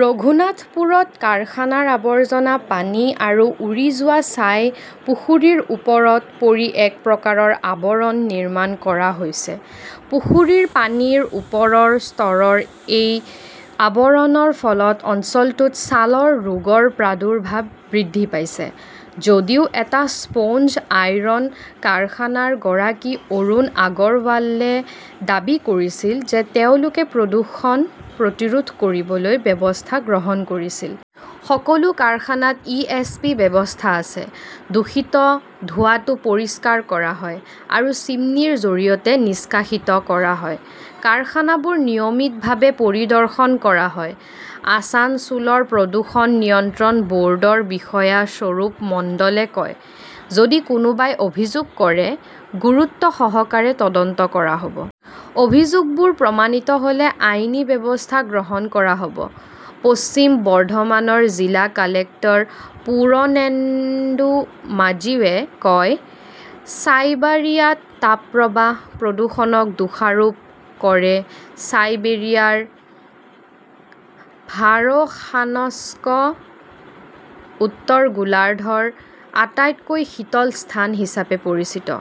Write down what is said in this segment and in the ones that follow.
ৰঘুনাথপুৰত কাৰখানাৰ আৱৰ্জনা পানী আৰু উৰি যোৱা ছাই পুখুৰীৰ ওপৰত পৰি এক প্ৰকাৰৰ আৱৰণ নিৰ্মাণ কৰা হৈছে। পুখুৰীৰ পানীৰ ওপৰৰ স্তৰৰ এই আৱৰণৰ ফলত অঞ্চলটোত ছালৰ ৰোগৰ প্ৰাদুৰ্ভাৱ বৃদ্ধি পাইছে। যদিও এটা স্পঞ্জ আইৰণ কাৰখানাৰ গৰাকী অৰুণ আগৰৱালে দাবী কৰিছিল যে তেওঁলোকে প্ৰদূষণ প্ৰতিৰোধ কৰিবলৈ ব্যৱস্থা গ্ৰহণ কৰিছিল। সকলো কাৰখানাত 'ইএছপি ব্যৱস্থা আছে। দূষিত ধোঁৱাটো পৰিষ্কাৰ কৰা হয় আৰু চিমনীৰ জৰিয়তে নিষ্কাশিত কৰা হয়। কাৰখানাবোৰ নিয়মিতভাৱে পৰিদৰ্শন কৰা হয়, আছানছোলৰ প্ৰদূষণ নিয়ন্ত্ৰণ বৰ্ডৰ বিষয়া স্বৰূপ মণ্ডলে কয়। যদি কোনোবাই অভিযোগ কৰে, গুৰুত্বসহকাৰে তদন্ত কৰা হব। অভিযোগবোৰ প্ৰমাণিত হলে আইনী ব্যৱস্থা গ্ৰহণ কৰা হব, পশ্চিম বৰ্ধমানৰ জিলা কালেক্টৰ পুৰণেন্দু মাজিৱে কয়, চাইবাৰিয়াত তাপপ্ৰবাহ, প্ৰদূষণক দোষাৰোপ কৰে চাইবেৰিয়াৰ ভাৰখানস্ক উত্তৰ গোলাৰ্ধৰ আটাইতকৈ শীতল স্থান হিচাপে পৰিচিত।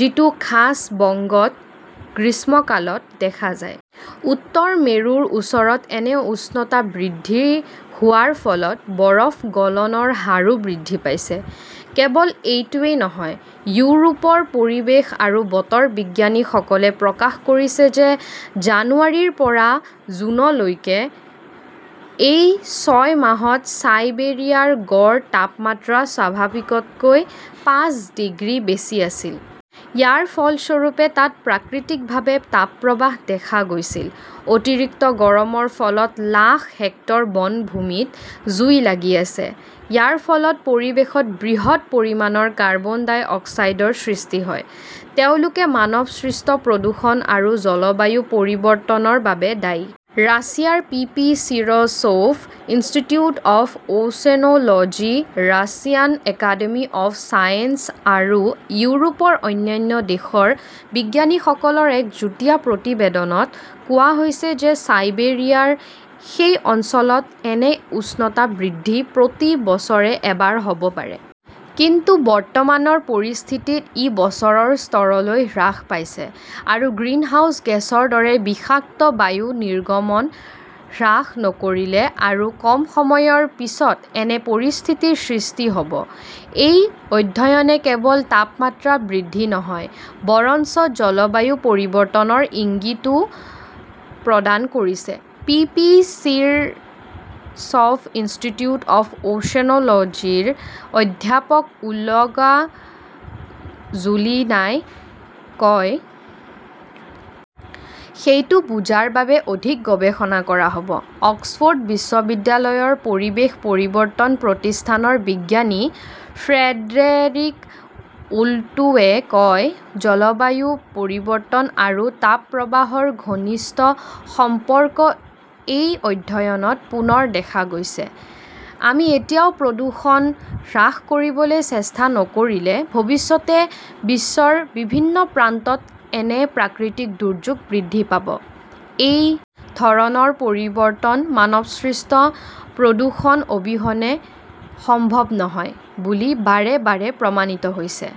যিটো খাছ বংগত গ্ৰীষ্মকালত দেখা যায়। উত্তৰ মেৰুৰ ওচৰত এনে উষ্ণতা বৃদ্ধি হোৱাৰ ফলত বৰফ গলনৰ হাৰো বৃদ্ধি পাইছে। কেৱল এইটোৱেই নহয়, ইউৰোপৰ পৰিৱেশ আৰু বতৰ বিজ্ঞানীসকলে প্ৰকাশ কৰিছে যে জানুৱাৰীৰ পৰা জুনলৈকে এই ছয় মাহত চাইবেৰিয়াৰ গড় তাপমাত্ৰা স্বাভাৱিকতকৈ পাঁচ ডিগ্ৰী বেছি আছিল। ইয়াৰ ফলস্বৰূপে তাত প্ৰাকৃতিকভাৱে তাপপ্ৰবাহ দেখা গৈছিল। অতিৰিক্ত গৰমৰ ফলত লাখ হেক্টৰ বনভূমিত জুই লাগি আছে। ইয়াৰ ফলত পৰিৱেশত বৃহৎ পৰিমাণৰ কাৰ্বন ডাই অক্সাইডৰ সৃষ্টি হয়। তেওঁলোকে মানৱসৃষ্ট প্ৰদূষণ আৰু জলবায়ু পৰিৱৰ্তনৰ বাবে দায়ী। ৰাছিয়াৰ P P Shirshov institute of 'oceanology, Russian academy of science আৰু ইউৰোপৰ অন্যান্য দেশৰ বিজ্ঞানীসকলৰ এক যুটীয়া প্ৰতিবেদনত কোৱা হৈছে যে চাইবাৰিয়াৰ সেই অঞ্চলত এনে উষ্ণতা বৃদ্ধি প্ৰতি বছৰে এবাৰ হ 'ব পাৰে। কিন্তু বৰ্তমানৰ পৰিস্থিতিত ই বছৰৰ স্তৰলৈ হ্ৰাস পাইছে আৰু গ্ৰিনহাউজ গেছৰ দৰে বিষাক্ত বায়ু নিৰ্গমন হ্ৰাস নকৰিলে আৰু কম সময়ৰ পিছত এনে পৰিস্থিতিৰ সৃষ্টি হ 'ব। এই অধ্যয়নে কেৱল তাপমাত্ৰা বৃদ্ধি নহয় বৰঞ্চ জলবায়ু পৰিৱৰ্তনৰ ইংগিতও প্ৰদান কৰিছে, পিপি চিৰছভ ইনষ্টিটিউট অৱ অচেন লজীৰ অধ্যাপক ওলগা জোলিনাই কয়। সেইটো বুজাৰ বাবে অধিক গৱেষণা কৰা হব। অক্সফ 'ৰ্ড বিশ্ববিদ্যালয়ৰ পৰিৱেশ পৰিৱৰ্তন প্ৰতিষ্ঠানৰ বিজ্ঞানী ফ্ৰেডেৰিক ওল্টোৱে কয়, জলবায়ু পৰিৱৰ্তন আৰু তাপপ্ৰবাহৰ ঘনিষ্ঠ সম্পৰ্ক এই অধ্যয়নত পুনৰ দেখা গৈছে। আমি এতিয়াও প্ৰদূষণ হ্ৰাস কৰিবলৈ চেষ্টা নকৰিলে-ভৱিষ্যতে বিশ্বৰ বিভিন্ন প্ৰান্তত এনে প্ৰাকৃতিক দুৰ্যোগ বৃদ্ধি পাব। এই ধৰণৰ পৰিৱৰ্তন মানৱসৃষ্ট প্ৰদূষণ অবিহনে সম্ভৱ নহয় বুলি বাৰে বাৰে প্ৰমাণিত হৈছে।